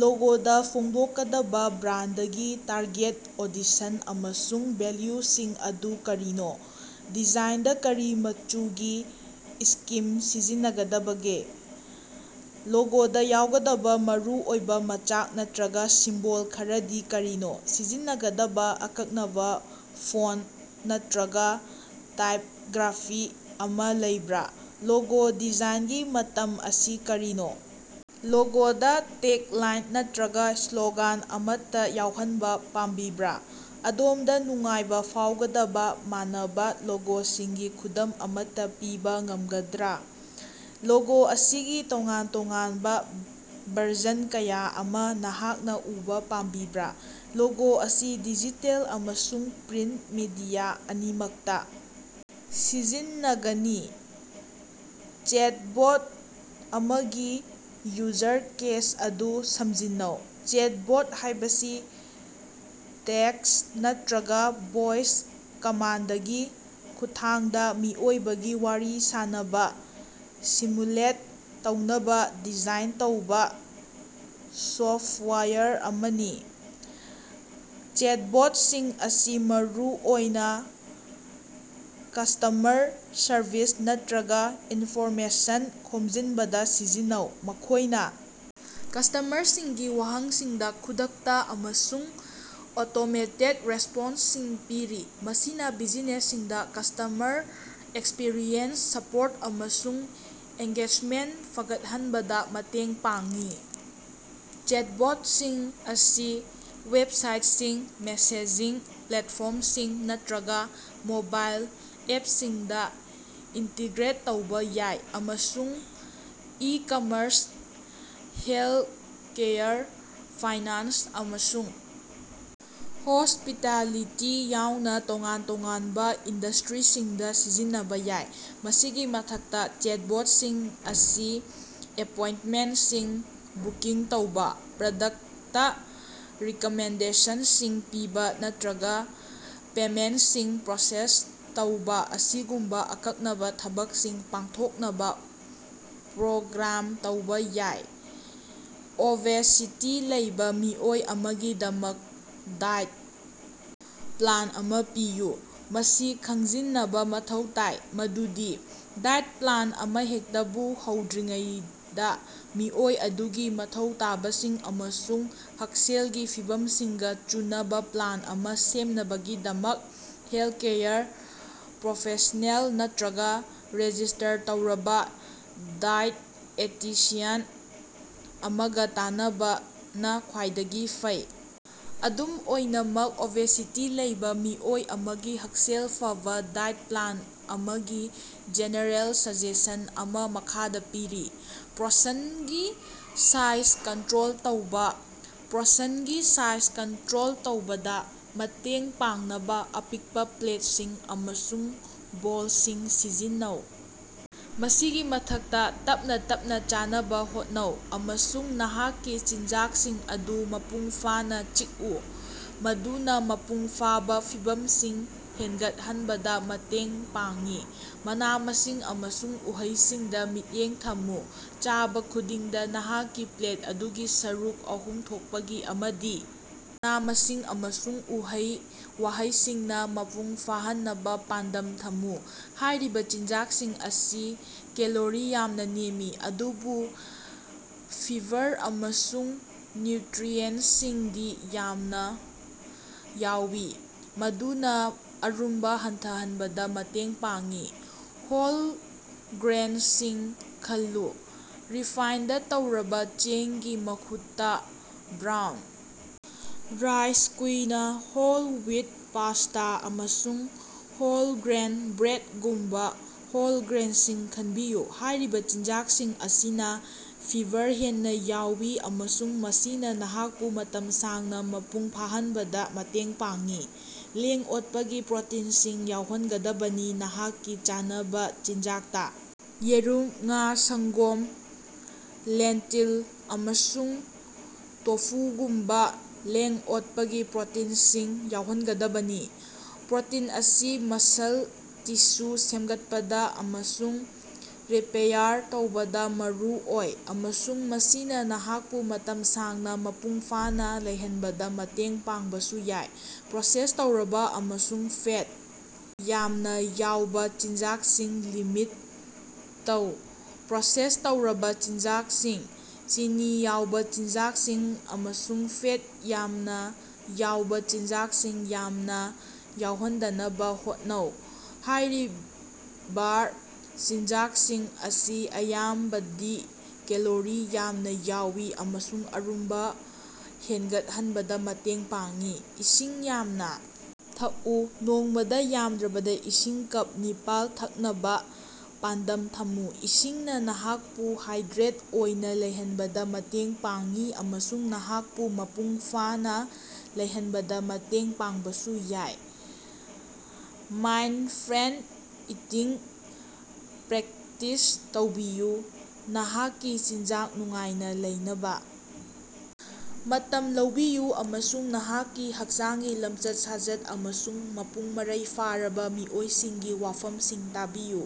ꯂꯣꯒꯣꯗ ꯐꯣꯡꯗꯣꯛꯀꯗꯕ ꯕ꯭ꯔꯥꯟꯗꯒꯤ target audition ꯑꯃꯁꯨꯡ ꯚꯦꯂ꯭ꯌꯨꯁꯤꯡ ꯑꯗꯨ ꯀꯔꯤꯅꯣ? ꯗꯤꯖꯥꯏꯟꯗ ꯀꯔꯤ ꯃꯆꯨꯒꯤ ꯁ꯭ꯀꯤꯝ ꯁꯤꯖꯤꯟꯅꯒꯗꯕꯒꯦ? ꯂꯣꯒꯣꯗ ꯌꯥꯎꯒꯗꯕ ꯃꯔꯨꯑꯣꯏꯕ ꯃꯆꯥꯛ ꯅꯠꯇꯔꯒ ꯁꯤꯝꯕꯣꯜ ꯈꯔꯗꯤ ꯀꯔꯤꯅꯣ? ꯁꯤꯖꯤꯟꯅꯒꯗꯕ ꯑꯀꯛꯅꯕ ꯐꯣꯟꯇ ꯅꯠꯇꯔꯒ ꯇꯥꯏꯞꯒ꯭ꯔꯥꯐꯤ ꯑꯃ ꯂꯩꯕ꯭ꯔꯥ? ꯂꯣꯒꯣ ꯗꯤꯖꯥꯏꯟꯒꯤ ꯃꯇꯝ ꯑꯁꯤ ꯀꯔꯤꯅꯣ? ꯂꯣꯒꯣꯗ ꯇꯦꯒꯂꯥꯏꯟ ꯅꯠꯇꯔꯒ ꯁ꯭ꯂꯣꯒꯥꯟ ꯑꯃꯠꯇ ꯌꯥꯎꯍꯟꯕ ꯄꯥꯝꯕꯤꯕꯔꯥ? ꯑꯗꯣꯝꯗ ꯅꯨꯡꯉꯥꯏꯕ ꯐꯥꯎꯒꯗꯕ ꯃꯥꯟꯅꯕ ꯂꯣꯒꯣꯁꯤꯡꯒꯤ ꯈꯨꯗꯝ ꯑꯃꯠꯇ ꯄꯤꯕ ꯉꯝꯒꯗ꯭ꯔꯥ? ꯂꯣꯒꯣ ꯑꯁꯤꯒꯤ ꯇꯣꯉꯥꯟ ꯇꯣꯉꯥꯟꯕ ꯚꯔꯖꯟ ꯀꯌꯥ ꯑꯃ ꯅꯍꯥꯛꯅ ꯎꯕꯥ ꯄꯥꯝꯕꯤꯕꯔꯥ? ꯂꯣꯒꯣ ꯑꯁꯤ ꯗꯤꯖꯤꯇꯦꯜ ꯑꯃꯁꯨꯡ ꯄ꯭ꯔꯤꯟꯇ ꯃꯤꯗꯤꯌꯥ ꯑꯅꯤꯃꯛꯇ ꯁꯤꯖꯤꯟꯅꯒꯅꯤ꯫ ꯆꯦꯠꯕꯣꯠ ꯑꯃꯒꯤ ꯌꯨꯖꯔ ꯀꯦꯁ ꯑꯗꯨ ꯁꯃꯖꯤꯟꯅꯧ꯫ ꯆꯦꯠꯕꯣꯠ ꯍꯥꯏꯕꯁꯤ ꯇꯦꯛꯁꯠ ꯅꯠꯇꯔꯒ ꯚꯣꯏꯁ ꯀꯃꯥꯟꯗꯒꯤ ꯈꯨꯠꯊꯥꯡꯗ ꯃꯤꯑꯣꯏꯕꯒꯤ ꯋꯥꯔꯤ ꯁꯥꯟꯅꯕ ꯁꯤꯃꯨꯂꯦꯠ ꯇꯧꯅꯕ ꯗꯤꯖꯥꯏꯟ ꯇꯧꯕ ꯁꯣꯐ꯭ꯇꯋꯥꯌꯔ ꯑꯃꯅꯤ꯫ ꯆꯦꯠꯕꯣꯠꯁꯤꯡ ꯑꯁꯤ ꯃꯔꯨꯑꯣꯏꯅ ꯀꯁ꯭ꯇꯃꯔ ꯁꯔꯚꯤꯁ ꯅꯠꯇꯔꯒ ꯏꯟꯐꯣꯔꯃꯦꯁꯟ ꯈꯣꯝꯖꯤꯟꯕꯗ ꯁꯤꯖꯤꯟꯅꯩ꯫ ꯃꯈꯣꯏꯅ ꯀꯁ꯭ꯇꯃꯔꯁꯤꯡꯒꯤ ꯋꯥꯍꯪꯁꯤꯡꯗ ꯈꯨꯗꯛꯇ ꯑꯃꯁꯨꯡ ꯑꯣꯇꯣꯃꯦꯇꯦꯗ ꯔꯦꯁ꯭ꯄꯣꯟꯁꯁꯤꯡ ꯄꯤꯔꯤ, ꯃꯁꯤꯅ ꯕꯤꯖꯤꯅꯦꯁꯁꯤꯡꯗ ꯀꯁ꯭ꯇꯃꯔ ꯑꯦꯛꯁꯄ꯭ꯔꯤꯌꯦꯟꯁ, ꯁꯄꯣꯔꯠ ꯑꯃꯁꯨꯡ ꯑꯦꯡꯒꯦꯖꯃꯦꯟꯇ ꯐꯒꯠꯍꯟꯕꯗ ꯃꯇꯦꯡ ꯄꯥꯡꯏ꯫ ꯆꯦꯠꯕꯣꯠꯁꯤꯡ ꯑꯁꯤ ꯋꯦꯕꯁꯥꯏꯠꯁꯤꯡ, ꯃꯦꯁꯦꯖꯤꯡ ꯄ꯭ꯂꯦꯠꯐꯣꯔꯝꯁꯤꯡ ꯅꯠꯇꯔꯒ ꯃꯣꯕꯥꯏꯜ ꯑꯦꯞꯁꯤꯡꯗ ꯏꯟꯇꯤꯒ꯭ꯔꯦꯠ ꯇꯧꯕ ꯌꯥꯏ, ꯑꯃꯁꯨꯡ ꯏ-ꯀꯃꯔꯁ, ꯍꯦꯜꯊꯀꯦꯌꯔ, ꯐꯥꯏꯅꯥꯟꯁ, ꯑꯃꯁꯨꯡ ꯍꯣꯁꯄꯤꯇꯥꯂꯤꯇꯤ ꯌꯥꯎꯅ ꯇꯣꯉꯥꯟ ꯇꯣꯉꯥꯟꯕ ꯏꯟꯗꯁꯇꯔꯤꯁꯤꯡꯗ ꯁꯤꯖꯤꯟꯅꯕ ꯌꯥꯏ꯫ ꯃꯁꯤꯒꯤ ꯃꯊꯛꯇ, ꯆꯦꯠꯕꯣꯠꯁꯤꯡ ꯑꯁꯤ ꯑꯦꯄꯣꯏꯟꯇꯃꯦꯟꯇꯁꯤꯡ ꯕꯨꯀꯤꯡ ꯇꯧꯕ, ꯄ꯭ꯔꯗꯛꯇ ꯔꯤꯀꯃꯦꯟꯗꯦꯁꯟꯁꯤꯡ ꯄꯤꯕ ꯅꯠꯇꯔꯒ ꯄꯦꯃꯦꯟꯇꯁꯤꯡ ꯄ꯭ꯔꯣꯁꯦꯁ ꯇꯧꯕ ꯑꯁꯤꯒꯨꯝꯕ ꯑꯀꯛꯅꯕ ꯊꯕꯛꯁꯤꯡ ꯄꯥꯡꯊꯣꯛꯅꯕ ꯄ꯭ꯔꯣꯒ꯭ꯔꯥꯝ ꯇꯧꯕ ꯌꯥꯏ꯫ ꯑꯣꯕꯦꯁꯤꯇꯤ ꯂꯩꯕ ꯃꯤꯑꯣꯏ ꯑꯃꯒꯤꯗꯃꯛ ꯗꯥꯏꯠ ꯄ꯭ꯂꯥꯟ ꯑꯃ ꯄꯤꯌꯨ꯫ ꯃꯁꯤ ꯈꯪꯖꯤꯅꯕ ꯃꯊꯧ ꯇꯥꯏ ꯃꯗꯨꯗꯤ ꯗꯥꯏꯠ ꯄ꯭ꯂꯥꯟ ꯑꯃꯍꯦꯛꯇꯕꯨ ꯍꯧꯗ꯭ꯔꯤꯉꯩꯗ, ꯃꯤꯑꯣꯏ ꯑꯗꯨꯒꯤ ꯃꯊꯧ ꯇꯥꯕꯁꯤꯡ ꯑꯃꯁꯨꯡ ꯍꯛꯁꯦꯜꯒꯤ ꯐꯤꯚꯝꯁꯤꯡꯒ ꯆꯨꯅꯕꯥ ꯄ꯭ꯂꯥꯟ ꯑꯃ ꯁꯦꯝꯅꯕꯒꯤꯗꯃꯛ ꯍꯦꯜꯊꯀꯦꯌꯔ ꯄ꯭ꯔꯣꯐꯦꯁꯅꯦꯜ ꯅꯠꯇꯔꯒ ꯔꯦꯖꯤꯁ꯭ꯇꯔ ꯇꯧꯔꯕ ꯗꯥꯏꯑꯦꯇꯤꯁꯤꯌꯟ ꯑꯃꯒ ꯇꯥꯟꯅꯕꯅ ꯈ꯭ꯋꯥꯏꯗꯒꯤ ꯐꯩ꯫ ꯑꯗꯨꯝ ꯑꯣꯏꯅꯃꯛ, ꯑꯣꯕꯦꯁꯤꯇꯤ ꯂꯩꯕ ꯃꯤꯑꯣꯏ ꯑꯃꯒꯤ ꯍꯛꯁꯦꯜ ꯐꯕꯥ ꯗꯥꯏꯠ ꯄ꯭ꯂꯥꯟ ꯑꯃꯒꯤ ꯖꯦꯅꯦꯔꯦꯜ ꯁꯖꯦꯁꯟ ꯑꯃꯥ ꯃꯈꯥꯗ ꯄꯤꯔꯤ - ꯄꯣꯔꯁꯟꯒꯤ ꯁꯥꯏꯖ ꯀꯟꯇꯔꯣꯜ ꯇꯧꯕ - ꯄꯣꯔꯁꯟꯒꯤ ꯁꯥꯏꯖ ꯀꯟꯇꯔꯣꯜ ꯇꯧꯕꯗ ꯃꯇꯦꯡ ꯄꯥꯡꯅꯕ ꯑꯄꯤꯛꯄ ꯄ꯭ꯂꯦꯠꯁꯤꯡ ꯑꯃꯁꯨꯡ ꯕꯣꯜꯁꯤꯡ ꯁꯤꯖꯤꯟꯅꯧ꯫ ꯃꯁꯤꯒꯤ ꯃꯊꯛꯇ, ꯇꯞꯅꯥ ꯇꯞꯅꯥ ꯆꯥꯅꯕ ꯍꯣꯠꯅꯧ ꯑꯃꯁꯨꯡ ꯅꯍꯥꯛꯀꯤ ꯆꯤꯟꯖꯥꯛꯁꯤꯡ ꯑꯗꯨ ꯃꯄꯨꯡꯐꯥꯅ ꯆꯤꯛꯎ, ꯃꯗꯨꯅ ꯃꯄꯨꯡꯐꯥꯕ ꯐꯤꯚꯝꯁꯤꯡ ꯍꯦꯟꯒꯠꯍꯟꯕꯗ ꯃꯇꯦꯡ ꯄꯥꯡꯏ꯫ ꯃꯅꯥ-ꯃꯁꯤꯡ ꯑꯃꯁꯨꯡ ꯎꯍꯩꯁꯤꯡꯗ ꯃꯤꯠꯌꯦꯡ ꯊꯝꯃꯨ - ꯆꯥꯕ ꯈꯨꯗꯤꯡꯗ ꯅꯍꯥꯛꯀꯤ ꯄ꯭ꯂꯦꯠ ꯑꯗꯨꯒꯤ ꯁꯔꯨꯛ ꯑꯍꯨꯝ ꯊꯣꯛꯄꯒꯤ ꯑꯃꯗꯤ ꯃꯅꯥ-ꯃꯁꯤꯡ ꯑꯃꯁꯨꯡ ꯎꯍꯩ-ꯋꯥꯍꯩꯁꯤꯡꯅ ꯃꯄꯨꯡ ꯐꯥꯍꯟꯅꯕ ꯄꯥꯟꯗꯝ ꯊꯝꯃꯨ꯫ ꯍꯥꯏꯔꯤꯕ ꯆꯤꯟꯖꯥꯛꯁꯤꯡ ꯑꯁꯤ ꯀꯦꯂꯣꯔꯤ ꯌꯥꯝꯅ ꯅꯦꯝꯃꯤ, ꯑꯗꯨꯕꯨ ꯐꯤꯕꯔ ꯑꯃꯁꯨꯡ ꯅ꯭ꯌꯨꯇꯔꯤꯑꯦꯟꯇꯁꯤꯡꯗꯤ ꯌꯥꯝꯅ ꯌꯥꯎꯏ, ꯃꯗꯨꯅ ꯑꯔꯨꯝꯕ ꯍꯟꯊꯍꯟꯕꯗ ꯃꯇꯦꯡ ꯄꯥꯡꯏ꯫ ꯍꯣꯜ ꯒ꯭ꯔꯦꯟꯁꯤꯡ ꯈꯜꯂꯨ - ꯔꯤꯐꯥꯏꯟꯗ ꯇꯧꯔꯕ ꯆꯦꯡꯒꯤ ꯃꯍꯨꯠꯇ, brown rice, quinoa, whole wheat pasta, ꯑꯃꯁꯨꯡ ꯍꯣꯜ-ꯒ꯭ꯔꯦꯟ ꯕ꯭ꯔꯦꯗꯒꯨꯝꯕ ꯍꯣꯜ ꯒ꯭ꯔꯦꯟꯁꯤꯡ ꯈꯟꯕꯤꯌꯨ꯫ ꯍꯥꯏꯔꯤꯕ ꯆꯤꯟꯖꯥꯛꯁꯤꯡ ꯑꯁꯤꯅ ꯐꯤꯕꯔ ꯍꯦꯟꯅ ꯌꯥꯎꯏ ꯑꯃꯁꯨꯡ ꯃꯁꯤꯅ ꯅꯍꯥꯛꯄꯨ ꯃꯇꯝ ꯁꯥꯡꯅ ꯃꯄꯨꯡ ꯐꯥꯍꯟꯕꯗ ꯃꯇꯦꯡ ꯄꯥꯡꯏ꯫ ꯂꯦꯡ-ꯑꯣꯠꯄꯒꯤ ꯄ꯭ꯔꯣꯇꯤꯟꯁꯤꯡ ꯌꯥꯎꯍꯟꯒꯗꯕꯅꯤ - ꯅꯍꯥꯛꯀꯤ ꯆꯥꯅꯕ ꯆꯤꯟꯖꯥꯛꯇ ꯌꯦꯔꯨꯝ, ꯉꯥ, ꯁꯪꯒꯣꯝ, ꯂꯦꯟꯇꯤꯜ, ꯑꯃꯁꯨꯡ ꯇꯣꯐꯨꯒꯨꯝꯕ ꯂꯦꯡ-ꯑꯣꯠꯄꯒꯤ ꯄ꯭ꯔꯣꯇꯤꯟꯁꯤꯡ ꯌꯥꯎꯍꯟꯒꯗꯕꯅꯤ꯫ ꯄ꯭ꯔꯣꯇꯤꯟ ꯑꯁꯤ ꯃꯁꯜ ꯇꯤꯁꯨ ꯁꯦꯝꯒꯠꯄꯗ ꯑꯃꯁꯨꯡ ꯔꯤꯄꯦꯌꯥꯔ ꯇꯧꯕꯗ ꯃꯔꯨꯑꯣꯏ, ꯑꯃꯁꯨꯡ ꯃꯁꯤꯅ ꯅꯍꯥꯛꯄꯨ ꯃꯇꯝ ꯁꯥꯡꯅ ꯃꯄꯨꯡ ꯐꯥꯅ ꯂꯩꯍꯟꯕꯗ ꯃꯇꯦꯡ ꯄꯥꯡꯕꯁꯨ ꯌꯥꯏ꯫ ꯄ꯭ꯔꯣꯁꯦꯁ ꯇꯧꯔꯕ ꯑꯃꯁꯨꯡ ꯐꯦꯠ ꯌꯥꯝꯅ ꯌꯥꯎꯕ ꯆꯤꯟꯖꯥꯛꯁꯤꯡ ꯂꯤꯃꯤꯠ ꯇꯧ- ꯄ꯭ꯔꯣꯁꯦꯁ ꯇꯧꯔꯕ ꯆꯤꯟꯖꯥꯛꯁꯤꯡ, ꯆꯤꯅꯤ ꯌꯥꯎꯕ ꯆꯤꯟꯖꯥꯛꯁꯤꯡ ꯑꯃꯁꯨꯡ ꯐꯦꯠ ꯌꯥꯝꯅ ꯌꯥꯎꯕ‌ ꯆꯤꯟꯖꯥꯛꯁꯤꯡ ꯌꯥꯝꯅ ꯌꯥꯎꯍꯟꯗꯅꯕ ꯍꯣꯠꯅꯧ꯫ ꯍꯥꯏꯔꯤꯕꯥꫪ ꯆꯤꯟꯖꯥꯛꯁꯤꯡ ꯑꯁꯤ ꯑꯌꯥꯝꯕꯗꯤ ꯀꯦꯂꯣꯔꯤ ꯌꯥꯝꯅ ꯌꯥꯎꯏ ꯑꯃꯁꯨꯡ ꯑꯔꯨꯝꯕ ꯍꯦꯟꯒꯠꯍꯟꯕꯗ ꯃꯇꯦꯡ ꯄꯥꯡꯏ꯫ ꯏꯁꯤꯡ ꯌꯥꯝꯅ ꯊꯛꯎ - ꯅꯣꯡꯃꯥꯗ ꯌꯥꯝꯗ꯭ꯔꯕꯗ ꯏꯁꯤꯡ ꯀꯞ ꯅꯤꯄꯥꯜ ꯊꯛꯅꯕꯥ ꯄꯥꯟꯗꯝ ꯊꯝꯃꯨ꯫ ꯏꯁꯤꯡꯅ ꯅꯍꯥꯛꯄꯨ ꯍꯥꯏꯗ꯭ꯔꯦꯠ ꯑꯣꯏꯅ ꯂꯩꯍꯟꯕꯗ ꯃꯇꯦꯡ ꯄꯥꯡꯏ, ꯑꯃꯁꯨꯡ ꯅꯍꯥꯛꯄꯨ ꯃꯄꯨꯡꯐꯥꯅ ꯂꯩꯍꯟꯕꯗ ꯃꯇꯦꯡ ꯄꯥꯡꯕꯁꯨ ꯌꯥꯏ꯫ ꯃꯥꯏꯟꯗꯐ꯭ꯔꯦꯟꯗ ꯏꯇꯤꯡ ꯄ꯭ꯔꯦꯛꯇꯤꯁ ꯇꯧꯕꯤꯌꯨ - ꯅꯍꯥꯛꯀꯤ ꯆꯤꯟꯖꯥꯛ ꯅꯨꯡꯉꯥꯏꯅ ꯂꯩꯅꯕ ꯃꯇꯝ ꯂꯧꯕꯤꯌꯨ ꯑꯃꯁꯨꯡ ꯅꯍꯥꯛꯀꯤ ꯍꯛꯆꯥꯡꯒꯤ ꯂꯝꯆꯠ-ꯁꯥꯖꯠ ꯑꯃꯁꯨꯡ ꯃꯄꯨꯡ-ꯃꯔꯩ ꯐꯥꯔꯕ ꯃꯤꯑꯣꯏꯁꯤꯡꯒꯤ ꯋꯥꯐꯝꯁꯤꯡ ꯇꯥꯕꯤꯌꯨ꯫